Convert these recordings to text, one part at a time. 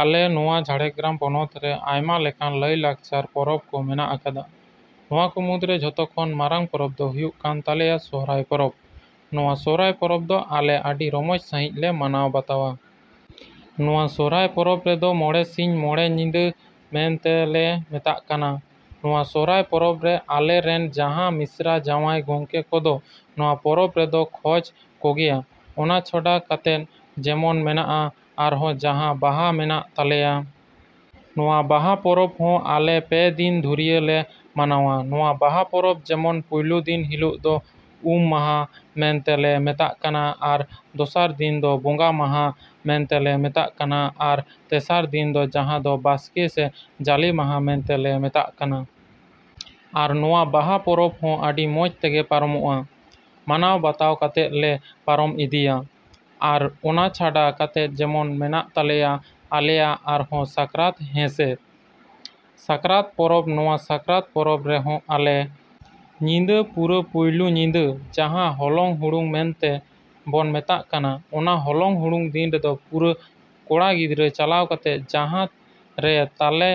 ᱟᱞᱮ ᱱᱚᱣᱟ ᱡᱷᱟᱲᱜᱨᱟᱢ ᱦᱚᱱᱚᱛ ᱨᱮ ᱟᱭᱢᱟ ᱞᱮᱠᱟᱱ ᱞᱟᱭᱞᱟᱠᱪᱟᱨ ᱯᱚᱨᱚᱵᱽ ᱠᱚ ᱢᱮᱱᱟᱜ ᱟᱠᱟᱫᱟ᱾ ᱱᱚᱣᱟ ᱠᱚ ᱢᱩᱫᱽᱨᱮ ᱡᱚᱛᱚ ᱠᱷᱚᱱ ᱢᱟᱨᱟᱝ ᱯᱚᱨᱚᱵᱽ ᱫᱚ ᱦᱩᱭᱩᱜ ᱠᱟᱱ ᱛᱟᱞᱮᱭᱟ ᱥᱚᱦᱨᱟᱭ ᱯᱚᱨᱚᱵᱽ᱾ ᱱᱚᱣᱟ ᱥᱚᱦᱨᱟᱭ ᱯᱚᱨᱚᱵᱽ ᱫᱚ ᱟᱞᱮ ᱟᱹᱰᱤ ᱨᱚᱢᱚᱡᱽ ᱥᱟᱺᱦᱤᱡ ᱞᱮ ᱢᱟᱱᱟᱣ ᱵᱟᱛᱟᱣᱟ᱾ ᱱᱚᱣᱟ ᱥᱚᱦᱨᱟᱭ ᱯᱚᱨᱚᱵᱽ ᱨᱮᱫᱚ ᱢᱚᱬᱮ ᱥᱤᱧ ᱢᱚᱬᱮ ᱧᱤᱫᱟᱹ ᱢᱮᱱᱛᱮ ᱞᱮ ᱢᱮᱛᱟᱜ ᱠᱟᱱᱟ᱾ ᱱᱚᱣᱟ ᱥᱚᱦᱨᱟᱭ ᱯᱚᱨᱚᱵᱽ ᱨᱮᱫᱚ ᱟᱞᱮ ᱨᱮᱱ ᱡᱟᱦᱟᱸ ᱢᱤᱥᱨᱟᱹ ᱡᱟᱶᱟᱭ ᱜᱚᱢᱠᱮ ᱠᱚᱫᱚ ᱱᱚᱣᱟ ᱯᱚᱨᱚᱵᱽ ᱨᱮᱫᱚ ᱠᱷᱚᱡᱽ ᱠᱚᱜᱮᱭᱟ᱾ ᱚᱱᱟ ᱪᱷᱟᱰᱟ ᱠᱟᱛᱮᱫ ᱡᱮᱢᱚᱱ ᱢᱮᱱᱟᱜ-ᱟ ᱟᱨᱦᱚᱸ ᱡᱟᱦᱟᱸ ᱵᱟᱦᱟ ᱢᱮᱱᱟᱜ ᱛᱟᱞᱮᱭᱟ᱾ ᱱᱚᱣᱟ ᱵᱟᱦᱟ ᱯᱚᱨᱚᱵᱽ ᱦᱚᱸ ᱟᱞᱮ ᱯᱮ ᱫᱤᱱ ᱫᱷᱩᱨᱭᱟᱹ ᱞᱮ ᱢᱟᱱᱟᱣᱟ᱾ ᱱᱚᱣᱟ ᱵᱟᱦᱟ ᱯᱚᱨᱚᱵᱽ ᱡᱮᱢᱚᱱ ᱯᱩᱭᱞᱩ ᱫᱤᱱ ᱦᱤᱞᱚᱜ ᱫᱚ ᱩᱢ ᱢᱟᱦᱟ ᱢᱮᱱᱛᱮᱫ ᱞᱮ ᱢᱮᱛᱟᱜ ᱠᱟᱱᱟ᱾ ᱟᱨ ᱫᱚᱥᱟᱨ ᱫᱤᱱ ᱫᱚ ᱵᱚᱸᱜᱟ ᱢᱟᱦᱟ ᱢᱮᱱᱛᱮ ᱞᱮ ᱢᱮᱛᱟᱜ ᱠᱟᱱᱟ ᱟᱨ ᱛᱮᱥᱟᱨ ᱫᱤᱱ ᱫᱚ ᱡᱟᱦᱟᱸ ᱫᱚ ᱵᱟᱥᱠᱮ ᱥᱮ ᱡᱟᱞᱮ ᱢᱟᱦᱟ ᱢᱮᱱᱛᱮ ᱞᱮ ᱢᱮᱛᱟᱜ ᱠᱟᱱᱟ᱾ ᱟᱨ ᱱᱚᱣᱟ ᱵᱟᱦᱟ ᱯᱚᱨᱚᱵᱽ ᱦᱚᱸ ᱟᱹᱰᱤ ᱢᱚᱡᱽ ᱛᱮᱜᱮ ᱯᱟᱨᱚᱢᱚᱜ-ᱟ, ᱢᱟᱱᱟᱣ ᱵᱟᱛᱟᱣ ᱠᱟᱛᱮᱫ ᱞᱮ ᱯᱟᱨᱚᱢ ᱤᱫᱤᱭᱟ᱾ ᱟᱨ ᱚᱱᱟ ᱪᱷᱟᱰᱟ ᱠᱟᱛᱮᱫ ᱡᱮᱢᱚᱱ ᱢᱮᱱᱟᱜ ᱛᱟᱞᱮᱭᱟ ᱟᱞᱮᱭᱟᱜ ᱟᱨᱦᱚᱸ ᱥᱟᱠᱨᱟᱛ ᱦᱮᱸᱥᱮ᱾ ᱥᱟᱠᱨᱟᱛ ᱯᱚᱨᱚᱵᱽ ᱱᱚᱣᱟ ᱥᱟᱠᱨᱟᱛ ᱯᱚᱨᱚᱵᱽ ᱨᱮᱦᱚᱸ ᱟᱞᱮ ᱧᱤᱫᱟᱹ ᱯᱩᱨᱟᱹ ᱯᱩᱭᱞᱩ ᱧᱤᱫᱟᱹ ᱡᱟᱦᱟᱸ ᱦᱚᱞᱚᱝ ᱦᱩᱲᱩᱝ ᱢᱮᱱᱛᱮ ᱵᱚᱱ ᱢᱮᱛᱟᱜ ᱠᱟᱱᱟ ᱚᱱᱟ ᱦᱚᱞᱚᱝ ᱦᱩᱲᱩᱝ ᱫᱤᱱ ᱨᱮᱫᱚ ᱯᱩᱨᱟᱹ ᱠᱚᱲᱟ ᱜᱤᱫᱽᱨᱟᱹ ᱪᱟᱞᱟᱣ ᱠᱟᱛᱮᱫ ᱡᱟᱦᱟᱸ ᱨᱮ ᱛᱟᱞᱮ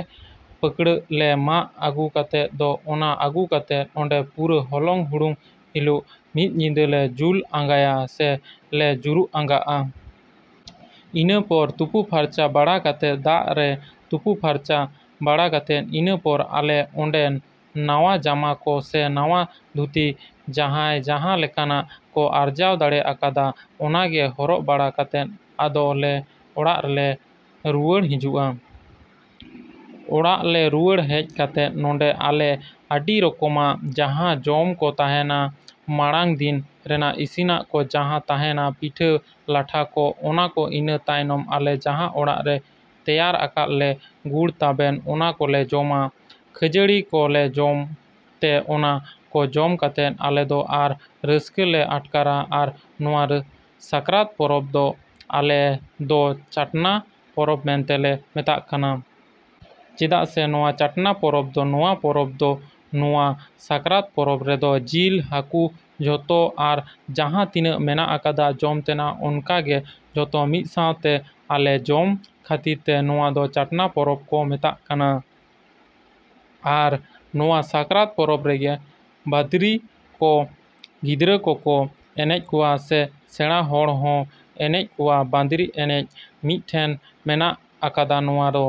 ᱯᱷᱟᱹᱠᱲᱟᱹᱜ ᱞᱮ ᱢᱟᱜ ᱟᱹᱜᱩ ᱟᱠᱟᱫ ᱫᱚ ᱚᱱᱟ ᱟᱹᱜᱩ ᱠᱟᱛᱮᱫ ᱚᱸᱰᱮ ᱯᱩᱨᱟᱹ ᱦᱚᱞᱚᱝ ᱦᱩᱲᱩᱝ ᱦᱤᱞᱚᱜ ᱢᱤᱫ ᱧᱤᱫᱟᱹ ᱞᱮ ᱡᱩᱞ ᱟᱸᱜᱟᱭᱟ ᱥᱮ ᱞᱮ ᱡᱩᱨᱩᱜ ᱟᱸᱜᱟᱜ-ᱟ᱾ ᱤᱱᱟᱹ ᱯᱚᱨ ᱛᱩᱯᱩ ᱯᱷᱟᱨᱪᱟ ᱵᱟᱲᱟ ᱠᱟᱛᱮᱫ ᱫᱟᱜ ᱨᱮ ᱛᱩᱯᱩ ᱯᱷᱟᱨᱪᱟ ᱵᱟᱲᱟ ᱠᱟᱛᱮᱫ ᱤᱱᱟᱹ ᱯᱚᱨ ᱟᱞᱮ ᱚᱸᱰᱮ ᱱᱟᱣᱟ ᱡᱟᱢᱟ ᱠᱚ ᱥᱮ ᱱᱟᱣᱟ ᱫᱷᱩᱛᱤ ᱡᱟᱦᱟᱸᱭ ᱡᱟᱦᱟᱸ ᱞᱮᱠᱟᱱᱟᱜ ᱠᱚ ᱟᱨᱡᱟᱣ ᱫᱟᱲᱮ ᱟᱠᱟᱫᱟ ᱚᱱᱟ ᱜᱮ ᱦᱚᱨᱚᱜ ᱵᱟᱲᱟ ᱠᱟᱛᱮᱫ ᱟᱫᱚ ᱞᱮ ᱚᱲᱟᱜ ᱛᱮ ᱞᱮ ᱨᱩᱣᱟᱹᱲ ᱦᱤᱡᱩᱜ-ᱟ᱾ ᱚᱲᱟᱜ ᱞᱮ ᱨᱩᱣᱟᱹᱲ ᱦᱮᱡ ᱠᱟᱛᱮᱫ ᱱᱚᱰᱮ ᱟᱞᱮ ᱟᱹᱰᱤ ᱨᱚᱠᱚᱢᱟᱜ ᱡᱟᱦᱟᱸ ᱡᱚᱢ ᱠᱚ ᱛᱟᱦᱮᱸᱱᱟ ᱢᱟᱲᱟᱝ ᱫᱤᱱ ᱨᱮᱱᱟᱜ ᱤᱥᱤᱱᱟᱜ ᱠᱚ ᱡᱟᱦᱟᱸ ᱛᱟᱦᱮᱸᱱᱟ ᱯᱤᱴᱷᱟᱹ ᱞᱟᱴᱷᱟ ᱠᱚ ᱚᱱᱟ ᱠᱚ ᱤᱱᱟᱹ ᱛᱟᱭᱱᱚᱢ ᱟᱞᱮ ᱡᱟᱦᱟᱸ ᱚᱲᱟᱜ ᱨᱮ ᱛᱮᱭᱟᱨ ᱟᱠᱟᱫ ᱞᱮ ᱜᱩᱲ ᱛᱟᱵᱮᱱ ᱚᱱᱟ ᱠᱚ ᱞᱮ ᱡᱚᱢᱟ ᱠᱷᱟᱹᱡᱟᱹᱲᱤ ᱠᱚ ᱞᱮ ᱡᱚᱢ ᱛᱮ ᱚᱱᱟ ᱠᱚ ᱡᱚᱢ ᱠᱟᱛᱮᱫ ᱟᱞᱮ ᱫᱚ ᱟᱨ ᱨᱟᱹᱥᱠᱟᱹ ᱞᱮ ᱟᱴᱠᱟᱨᱟ ᱟᱨ ᱱᱚᱣᱟ ᱥᱟᱠᱨᱟᱛ ᱯᱚᱨᱚᱵᱽ ᱫᱚ ᱟᱞᱮ ᱫᱚ ᱪᱟᱴᱱᱟ ᱯᱚᱨᱚᱵᱽ ᱢᱮᱱᱛᱮ ᱞᱮ ᱢᱮᱛᱟᱜ ᱠᱟᱱᱟ᱾ ᱪᱮᱫᱟᱜ ᱥᱮ ᱱᱚᱣᱟ ᱪᱟᱴᱱᱟ ᱯᱚᱨᱚᱵᱽ ᱫᱚ ᱱᱚᱣᱟ ᱯᱚᱨᱚᱵᱽ ᱫᱚ ᱱᱚᱣᱟ ᱥᱟᱠᱨᱟᱛ ᱯᱚᱨᱚᱵᱽ ᱨᱮᱫᱚ ᱡᱤᱞ ᱦᱟᱹᱠᱩ ᱡᱚᱛᱚ ᱟᱨ ᱡᱟᱦᱟᱸ ᱛᱤᱱᱟᱹᱜ ᱢᱮᱱᱟᱜ ᱟᱠᱟᱫᱟ ᱡᱚᱢ ᱛᱮᱱᱟᱜ ᱚᱱᱠᱟ ᱜᱮ ᱡᱚᱛᱚ ᱢᱤᱫ ᱥᱟᱶᱛᱮ ᱟᱞᱮ ᱡᱚᱢ ᱠᱷᱟᱹᱛᱤᱨ ᱛᱮ ᱱᱚᱣᱟ ᱫᱚ ᱪᱟᱴᱱᱟ ᱯᱚᱨᱚᱵᱽ ᱠᱚ ᱢᱮᱛᱟᱜ ᱠᱟᱱᱟ ᱟᱨ ᱱᱚᱣᱟ ᱥᱟᱠᱨᱟᱛ ᱯᱚᱨᱚᱵᱽ ᱨᱮᱜᱮ ᱵᱟᱸᱫᱽᱨᱤ ᱠᱚ ᱜᱤᱫᱽᱨᱟᱹ ᱠᱚ ᱠᱚ ᱮᱱᱮᱡ ᱠᱚᱣᱟ ᱥᱮ ᱥᱮᱬᱟ ᱦᱚᱲ ᱦᱚᱸ ᱮᱱᱮᱡ ᱠᱚᱣᱟ ᱵᱟᱸᱫᱽᱨᱤ ᱮᱱᱮᱡ ᱢᱤᱫᱴᱮᱱ ᱢᱮᱱᱟᱜ ᱟᱠᱟᱫᱟ ᱱᱚᱣᱟ ᱫᱚ᱾